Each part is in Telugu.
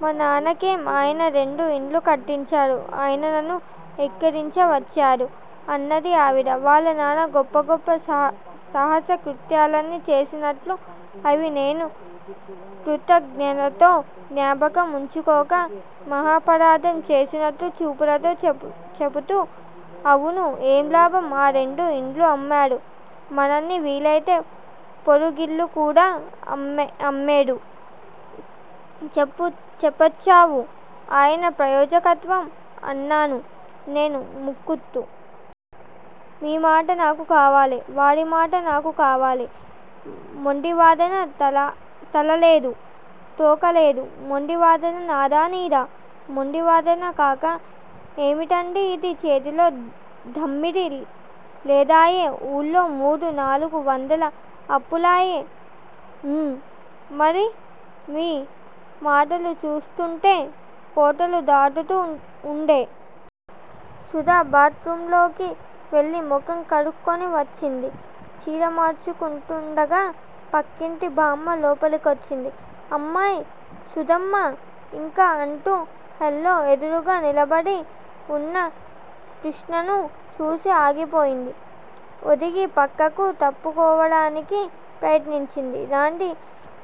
మా నాన్న కేం, ఆయన రెండు ఇండ్లు కట్టించాడు. ఆయనను ఎక్కిరించవచ్చారు అన్నది ఆవిడ. వాళ్ళనాన్న గొప్ప గొప్ప సాహసకృత్యాలన్నీ చేసినట్లూ, అవి నేను కృతజ్ఞతతో జ్ఞాపకం ఉంచుకోక మహాపరాధం చేసినట్లూ, చూపులతో చెపుతూ. అవును. ఏం లాభం, ఆ రెండు ఇళ్ళూ అమ్మాడు మళ్ళీనీ వీలైతే పొరుగిల్లుకూడా అమ్మేడు, చెప్పొచ్చేవు ఆయన ప్రయోజకత్వం, అన్నాను నేను ముక్కుతూ. మీమాట నాకు కావాలె వాడిమాట నాకూ కావాలె మొండివాదన, తలాలేదు, తోకా లేదూ! మొండి వాదన నాదా నీదా? మొండివాదన కాక ఏమటండీ ఇదీ? చేతిలో దమ్మిడీ లేదాయె, ఊళ్ళో మూడు నాలుగు వందల అప్పులాయె, మ్, మరి మీ మాటలు చూస్తుంటే కోటలు దాటుతూ ఉండె. సుధ బాత్ రూమ్ లోకి వెళ్ళి ముఖం కడుక్కుని వచ్చింది. చీరమార్చుకుంటూండగా పక్కింటి బామ్మ లోపలకొచ్చింది. అమ్మాయ్__సుధమ్మా__ఇంకా అంటూ హాల్లో ఎదురుగా నిలబడి వున్న కృష్ణను చూసి ఆగిపోయింది. ఒదిగి పక్కకు తప్పుకోవడానికి ప్రయత్నించింది. రండి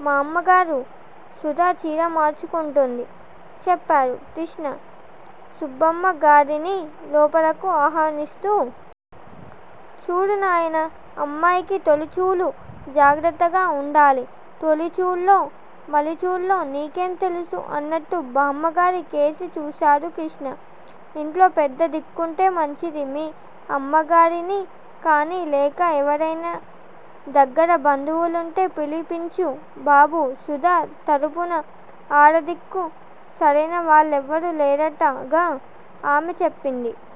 మామ్మగారూ! సుధ చీర మార్చుకుంటోంది చెప్పాడు కృష్ణ సుబ్బమ్మగారిని లోపలకు ఆహ్వానిస్తూ. చూడు నాయనా! అమ్మాయికి తొలిచూలు. జాగ్రత్తగ ఉండాలి. తొలిచూలో, మలిచూలో, నీకేం తెలుసు? అన్నట్టు బామ్మగారి కేసి చూశాడు కృష్ణ. ఇంట్లో పెద్ద దిక్కుంటే మంచిది. మీ అమ్మగారినికానీ, లేక ఎవరైనా దగ్గిర బంధువులుంటే పిలిపించు బాబూ. సుధ తరపున ఆడదిక్కు సరైనవాళ్ళెవరూ లేరటగా? ఆమే చెప్పింది.